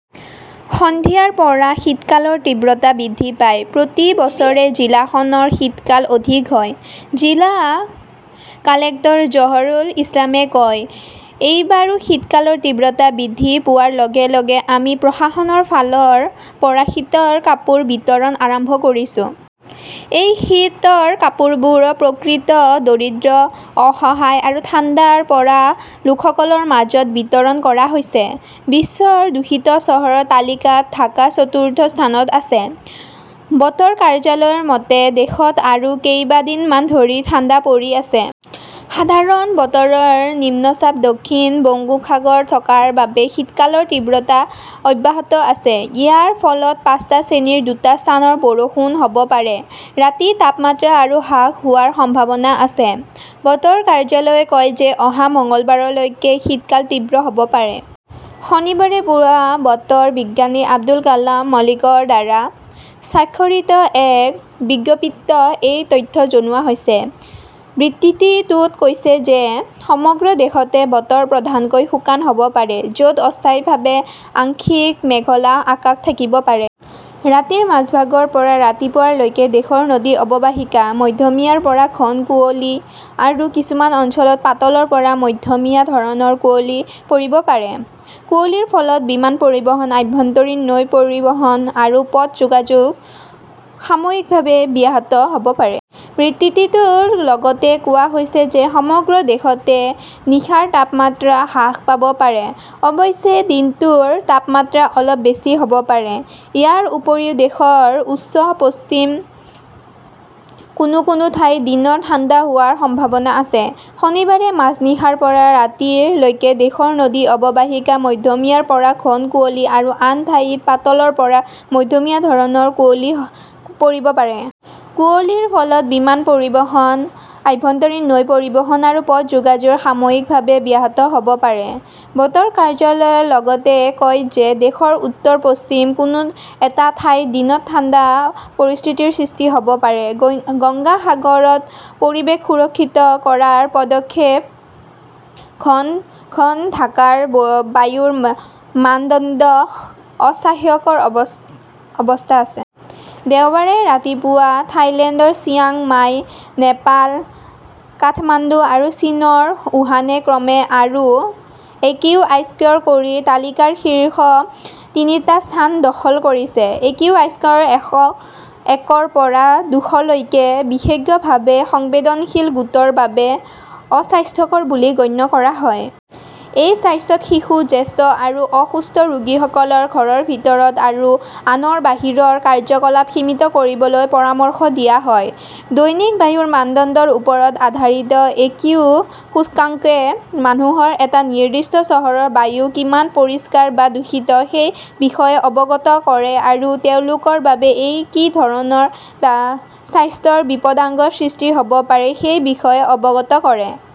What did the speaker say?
সন্ধিয়াৰ পৰা শীতকালৰ তীব্ৰতা বৃদ্ধি পায়। "প্ৰতি বছৰে জিলাখনৰ শীতকাল অধিক হয়", জিলা কালেক্টৰ জহুৰুল ইছলামই কয়। এইবাৰো শীতকালৰ তীব্ৰতা বৃদ্ধি পোৱাৰ লগে লগে আমি প্ৰশাসনৰ ফালৰ পৰা শীতল কাপোৰ বিতৰণ আৰম্ভ কৰিছোঁ। এই শীতল কাপোৰবোৰ প্ৰকৃত দৰিদ্ৰ, অসহায় আৰু ঠাণ্ডা পৰা লোকসকলৰ মাজত বিতৰণ কৰা হৈছে। বিশ্বৰ দূষিত চহৰৰ তালিকাত ঢাকা চতুৰ্থ স্থানত আছে। বতৰ কাৰ্যালয়ৰ মতে, দেশত আৰু কেইবা দিন ধৰি ঠাণ্ডা পৰি আছে। সাধাৰণ বতৰৰ নিম্নচাপ দক্ষিণ বংগোপসাগৰত থকাৰ বাবে শীতকালৰ তীব্ৰতা অব্যাহত আছে। ইয়াৰ ফলত পাঁচটা শ্ৰেণীৰ দুটা স্থানত বৰষুণ হ'ব পাৰে। ৰাতি তাপমাত্ৰা আৰু হ্ৰাস হোৱাৰ সম্ভাৱনা আছে। বতৰ কাৰ্যালয়ে কয় যে অহা মঙলবাৰলৈকে শীতকাল তীব্ৰ হ'ব পাৰে। শনিবাৰে পুৱা বতৰ বিজ্ঞানী আবুল কালাম মল্লিকৰ দ্বাৰা স্বাক্ষৰিত এক বিজ্ঞপ্তিত এই তথ্য জনোৱা হৈছে। বিবৃতিটোত কোৱা হৈছে যে, সমগ্ৰ দেশতে বতৰ প্ৰধানকৈ শুকান হ'ব পাৰে, য'ত অস্থায়ীভাৱে আংশিক মেঘলা আকাশ থাকিব পাৰে। ৰাতিৰ মাজভাগৰ পৰা ৰাতিপুৱা লৈকে দেশৰ নদী অৱবাহিকাত মধ্যমীয়াৰ পৰা ঘন কুঁৱলী আৰু কিছুমান অঞ্চলত পাতলৰ পৰা মধ্যমীয়া ধৰণৰ কুঁৱলী পৰিব পাৰে। কুঁৱলীৰ ফলত বিমান পৰিবহণ, আভ্যন্তৰীণ নৌ পৰিবহণ আৰু পথ যোগাযোগ সাময়িকভাৱে ব্যাহত হ'ব পাৰে। বিবৃতিটোত লগতে কোৱা হৈছে যে ,সমগ্ৰ দেশতে নিশাৰ তাপমাত্ৰা হ্ৰাস পাব পাৰে। অৱশ্যে দিনটোৰ তাপমাত্ৰা অলপ বেছি হ'ব পাৰে। ইয়াৰ উপৰিও, দেশৰ উত্তৰ-পশ্চিমৰ কোনো কোনো ঠাইত দিনত ঠাণ্ডা হোৱাৰ সম্ভাৱনা আছে। শনিবাৰে মাজনিশাৰ পৰা ৰাতিপুৱা লৈকে দেশৰ নদী অৱবাহিকাত মধ্যমীয়াৰ পৰা ঘন কুঁৱলী আৰু আন ঠাইত পাতলৰ পৰা মধ্যমীয়া ধৰণৰ কুঁৱলী পৰিব পাৰে। কুঁৱলীৰ ফলত বিমান পৰিবহণ, আভ্যন্তৰীণ নৌ পৰিবহণ আৰু পথ যোগাযোগ সাময়িকভাৱে ব্যাহত হ'ব পাৰে। বতৰ কাৰ্যালয়ে লগতে কয় যে দেশৰ উত্তৰ-পশ্চিমৰ কোনো এটা ঠাইত দিনত ঠাণ্ডা পৰিস্থিতিৰ সৃষ্টি হ'ব পাৰে। গংগা সাগৰত পৰিৱেশ সুৰক্ষিত কৰাৰ পদক্ষেপ ঘন ঘন ঢাকাৰ বায়ুৰ মানদণ্ড অস্বাস্থ্যকৰ অৱস্থাত আছে। দেওবাৰে ৰাতিপুৱা থাইলেণ্ডৰ চিয়াং মাই, নেপাল কাঠমাণ্ডু আৰু চীনৰ উহানে ক্ৰমে আৰু একিউআই স্ক'ৰ কৰি তালিকাৰ শীৰ্ষ তিনিটা স্থান দখল কৰিছিল। একিউআই স্ক"ৰ এশ একৰ পৰা দুশলৈকে বিশেজ্ঞভাৱে সংবেদনশীল গোটৰ বাবে অস্বাস্থ্যকৰ বুলি গণ্য কৰা হয়। এই অৱস্থাত শিশু, জ্যেষ্ঠ আৰু অসুস্থ ৰোগীসকলক ঘৰৰ ভিতৰত আৰু আনৰ বাহিৰৰ কাৰ্যকলাপ সীমিত কৰিবলৈ পৰামৰ্শ দিয়া হয়। দৈনিক বায়ুৰ মানদণ্ডৰ ওপৰত আধাৰিত একিউ সূচকাংকে মানুহক এটা নিৰ্দিষ্ট চহৰৰ বায়ু কিমান পৰিষ্কাৰ বা দূষিত সেই বিষয়ে অৱগত কৰে আৰু তেওঁলোকৰ বাবে কি ধৰণৰ স্বাস্থ্যৰ বিপদাঙ্গৰ সৃষ্টি হ 'ব পাৰে, সেই বিষয়ে অৱগত কৰে।